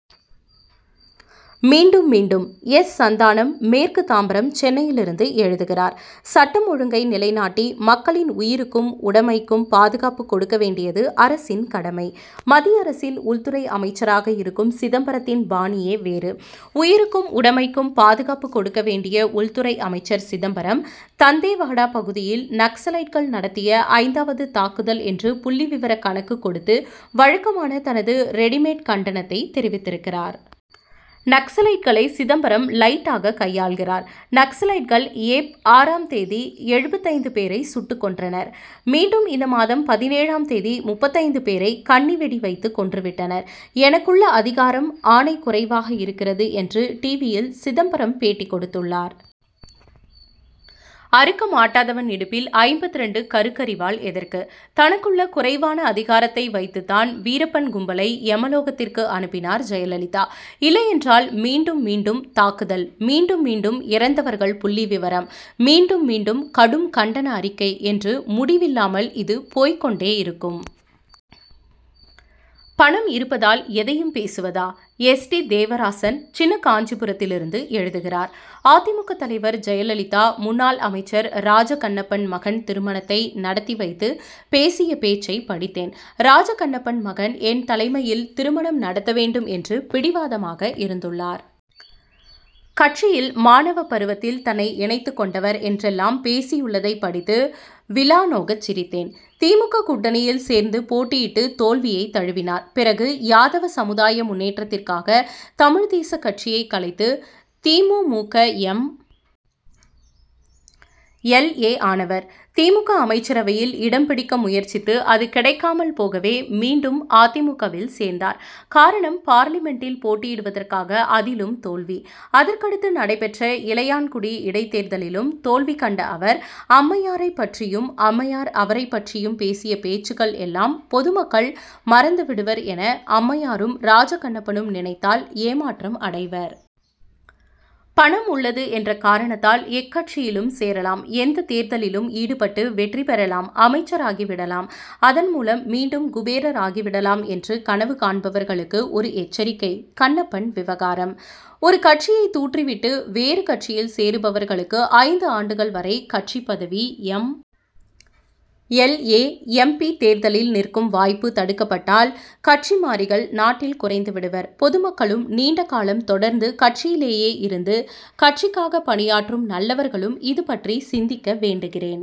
மீண்டும்மீண்டும் S. Santhanam மேற்கு தாம்பரம் சென்னையிலிருந்து எழுதுகிறார் சட்டம் ஒழுங்கை நிலைநாட்டி மக்களின் உயிருக்கும் உடமைக்கும் பாதுகாப்பு கொடுக்க வேண்டியது அரசின் கடமை. மத்திய அரசின் உள்துறை அமைச்சராக இருக்கும் சிதம்பரத்தின் பாணியே வேறு. உயிருக்கும் உடமைக்கும் பாதுகாப்பு கொடுக்க வேண்டிய உள்துறை அமைச்சர் சிதம்பரம் தந்தேவாடா பகுதியில் நக்சலைட்கள் நடத்திய ஐந்தாவது தாக்குதல் என்று புள்ளிவிவரக் கணக்குக் கொடுத்து வழக்கமான தனது ரெடிமேட் கண்டனத்தை தெரிவித்திருக்கிறார். நக்சலைட்களை சிதம்பரம் லைட்டாக கையாள்கிறார். நக்சலைட்கள் ஏப். ஆறாம் தேதி எழுபத்தைந்து பேரை சுட்டுக் கொன்றனர். மீண்டும் இந்த மாதம் பதினேழாம் தேதி முப்பத்தைந்து பேரை கண்ணிவெடி வைத்துக் கொன்று விட்டனர். எனக்குள்ள அதிகாரம் ஆணை குறைவாக இருக்கிறது என்று டிவியில் சிதம்பரம் பேட்டி கொடுத்துள்ளார். அறுக்க மாட்டாதவன் இடுப்பில் ஐம்பத்திரண்டு கருக்கரிவாள் எதற்கு? தனக்குள்ள குறைவான அதிகாரத்தை வைத்துத்தான் வீரப்பன் கும்பலை எமலோகத்திற்கு அனுப்பினார் ஜெயலலிதா. இல்லையென்றால் மீண்டும் மீண்டும் தாக்குதல் மீண்டும் மீண்டும் இறந்தவர்கள் புள்ளிவிவரம் மீண்டும் மீண்டும் கடும் கண்டன அறிக்கை என்று முடிவில்லாமல் இது போய்க் கொண்டேயிருக்கும். பணம் இருப்பதால் எதையும் பேசுவதா? எஸ். டி. தேவராசன் சின்ன காஞ்சிபுரத்திலிருந்து எழுதுகிறார் அ. தி. மு. க. தலைவர் ஜெயலலிதா முன்னாள் அமைச்சர் ராஜ கண்ணப்பன் மகன் திருமணத்தை நடத்தி வைத்து பேசிய பேச்சை படித்தேன். ராஜ கண்ணப்பன் மகன் என் தலைமையில் திருமணம் நடத்த வேண்டும் என்று பிடிவாதமாக இருந்துள்ளார். கட்சியில் மாணவப் பருவத்தில் தன்னை இணைத்துக் கொண்டவர் என்றெல்லாம் பேசியுள்ளதைப் படித்து விலா நோகச் சிரித்தேன். தி. மு. க. கூட்டணியில் சேர்ந்து போட்டியிட்டு தோல்வியைத் தழுவினார். பிறகு யாதவ சமுதாய முன்னேற்றத்திற்காக தமிழ் தேசக் கட்சியை கலைத்து தி. மு. மு. க. எம். எல். ஏ. ஆனவர். தி. மு. க. அமைச்சரவையில் இடம் பிடிக்க முயற்சித்து அது கிடைக்காமல் போகவே மீண்டும் அ. தி. மு. க.வில் சேர்ந்தார். காரணம் பார்லிமென்டில் போட்டியிடுவதற்காக அதிலும் தோல்வி. அதற்கடுத்து நடைபெற்ற இளையான்குடி இடைத்தேர்தலிலும் தோல்வி கண்ட அவர் அம்மையாரைப் பற்றியும் அம்மையார் அவரைப் பற்றியும் பேசிய பேச்சுக்கள் எல்லாம் பொதுமக்கள் மறந்து விடுவர் என அம்மையாரும் ராஜ கண்ணப்பனும் நினைத்தால் ஏமாற்றம் அடைவர். பணம் உள்ளது என்ற காரணத்தால் எக்கட்சியிலும் சேரலாம் எந்தத் தேர்தலிலும் ஈடுபட்டு வெற்றி பெறலாம் அமைச்சராகி விடலாம் அதன் மூலம் மீண்டும் குபேரர் ஆகிவிடலாம் என்று கனவு காண்பவர்களுக்கு ஒரு எச்சரிக்கை கண்ணப்பன் விவகாரம். ஒரு கட்சியை தூற்றிவிட்டு வேறு கட்சியில் சேருபவர்களுக்கு ஐந்து ஆண்டுகள் வரை கட்சிப் பதவி M. L. A. M. P. தேர்தலில் நிற்கும் வாய்ப்பு தடுக்கப்பட்டால் கட்சி மாறிகள் நாட்டில் குறைந்து விடுவர். பொதுமக்களும் நீண்ட காலம் தொடர்ந்து கட்சியிலேயே இருந்து கட்சிக்காக பணியாற்றும் நல்லவர்களும் இது பற்றி சிந்திக்க வேண்டுகிறேன்.